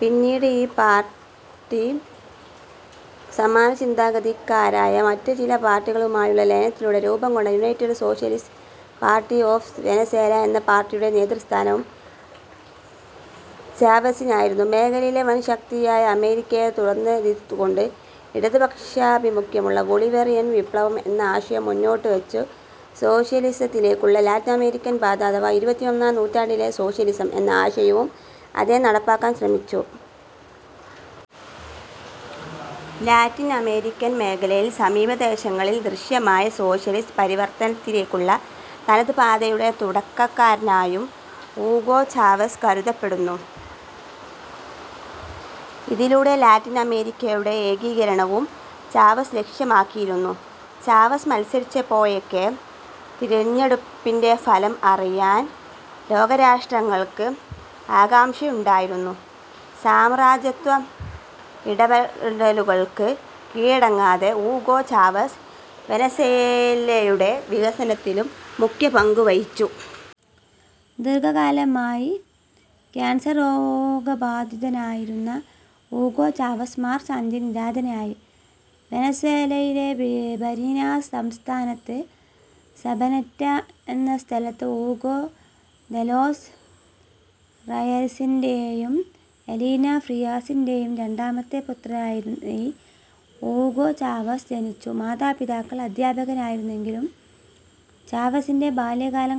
പിന്നീട് ഈ പാർട്ടി സമാനചിന്താഗതിക്കാരായ മറ്റ് ചില പാർട്ടികളുമായുള്ള ലയനത്തിലൂടെ രൂപംകൊണ്ട united socialist party of Venezuela എന്ന പാർട്ടിയുടെ നേതൃസ്ഥാനവും ചാവെസിനായിരുന്നു. മേഖലയിലെ വൻശക്തിയായ അമേരിക്കയെ തുറന്നെതിർത്തുകൊണ്ട്, ഇടതുപക്ഷാഭിമുഖ്യമുള്ള ബൊളിവേറിയൻ വിപ്ലവം എന്ന ആശയം മുന്നോട്ടുവെച്ച് സോഷ്യലിസത്തിലേക്കുള്ള ലാറ്റിനമേരിക്കൻ പാത അഥവാ ഇരുപത്തിയൊന്നാം നൂറ്റാണ്ടിലെ സോഷ്യലിസം എന്ന ആശയവും അദ്ദേഹം നടപ്പാക്കാൻ ശ്രമിച്ചു. ലാറ്റിൻ അമേരിക്കൻ മേഖലയിൽ സമീപദശകങ്ങളിൽ ദൃശ്യമായ സോഷ്യലിസ്റ്റ് പരിവർത്തനത്തിലേക്കുള്ള തനത് പാതയുടെ തുടക്കക്കാരാനായും ഊഗോ ചാവെസ് കരുതപ്പെടുന്നു. ഇതിലൂടെ ലാറ്റിനമേരിക്കയുടെ ഏകീകരണവും ചാവെസ് ലക്ഷ്യമാക്കിയിരുന്നു. ചാവെസ് മത്സരിച്ചപ്പോഴൊക്കെ തിരഞ്ഞെടുപ്പിന്റെ ഫലം അറിയാൻ ലോകരാഷ്ട്രങ്ങൾക്ക് ആകാംക്ഷയുണ്ടായിരുന്നു. സാമ്രാജ്യത്വ ഇടപെടലുകൾക്ക് കീഴടങ്ങാതെ ഊഗോ ചാവെസ് വെനസ്വെലയുടെ വികസനത്തിലും മുഖ്യപങ്കുവഹിച്ചു. ദീർഘകാലമായി ക്യാൻസർ രോഗബാധിതനായിരുന്ന ഊഗോ ചാവെസ് മാർച്ച് അഞ്ചിന് നിര്യാതനായി. വെനസ്വേലയിലെ ബരീനാസ് സംസ്ഥാനത്ത് സബനെറ്റ എന്ന സ്ഥലത്ത് ഊഗോ ദെലോസ് റെയസിന്റെയും എലീന ഫ്രിയാസിന്റെയും രണ്ടാമത്തെ പുത്രനായി ഊഗോ ചാവെസ് ജനിച്ചു. മാതാപിതാക്കൾ അദ്ധ്യാപകരായിരുന്നെങ്കിലും ചാവെസിന്റെ ബാല്യകാലം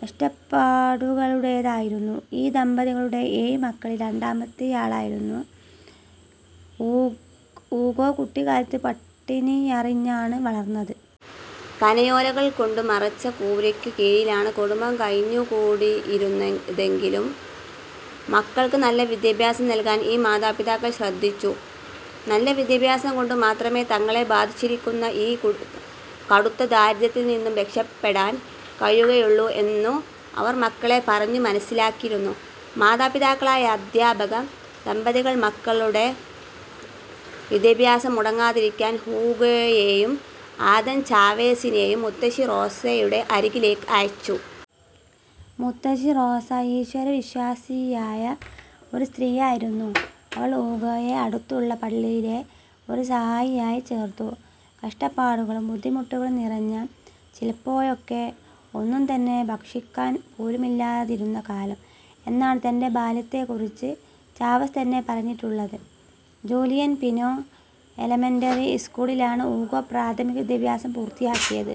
കഷ്ടപ്പാടുകളുടേതായിരുന്നു. ഈ ദമ്പതികളുടെ ഏഴുമക്കളിൽ രണ്ടാമത്തെയാളായിരുന്ന ഊഗോ കുട്ടിക്കാലത്ത് പട്ടിണിയറിഞ്ഞാണ് വളർന്നത്. പനയോലകൾക്കൊണ്ട് മറച്ച കൂരയ്ക്കു കീഴിലാണ് കുടുംബം കഴിഞ്ഞുകൂടിയിരുന്നതെങ്കിലും മക്കൾക്ക് നല്ല വിദ്യാഭ്യാസം നൽകാൻ ഈ മാതാപിതാക്കൾ ശ്രദ്ധിച്ചു. നല്ല വിദ്യാഭ്യാസം കൊണ്ടു മാത്രമേ തങ്ങളെ ബാധിച്ചിരിക്കുന്ന ഈ കടുത്ത ദാരിദ്ര്യത്തിൽ നിന്നും രക്ഷപ്പെടാൻ കഴിയുകയുള്ളു എന്നു അവർ മക്കളെ പറഞ്ഞു മനസ്സിലാക്കിയിരുന്നു. മാതാപിതാക്കളായ അധ്യാപക ദമ്പതികൾ മക്കളുടെ വിദ്യാഭ്യാസം മുടങ്ങാതിരിക്കാൻ ഹ്യൂഗോയേയും ആദൻ ചാവേസിനേയും മുത്തശ്ശി റോസയുടെ അരികിലേക്ക് അയച്ചു. മുത്തശ്ശി റോസ ഈശ്വവിശ്വാസിയായ ഒരു സ്ത്രീയായിരുന്നു. അവൾ ഊഗോയെ അടുത്തുള്ള പള്ളിയിലെ ഒരു സഹായിയായി ചേർത്തു. കഷ്ടപ്പാടുകളും, ബുദ്ധിമുട്ടുകളും നിറഞ്ഞ, ചിലപ്പോഴൊക്കെ ഒന്നും തന്നെ ഭക്ഷിക്കാൻ പോലുമില്ലാതിരുന്ന കാലം എന്നാണ് തന്റെ ബാല്യത്തെക്കുറിച്ച് ചാവെസ് തന്നെ പറഞ്ഞിട്ടുള്ളത്. ജൂലിയൻ പിനോ എലമെന്ററി സ്കൂളിലാണ് ഊഗോ പ്രാഥമിക വിദ്യാഭ്യാസം പൂർത്തിയാക്കിയത്.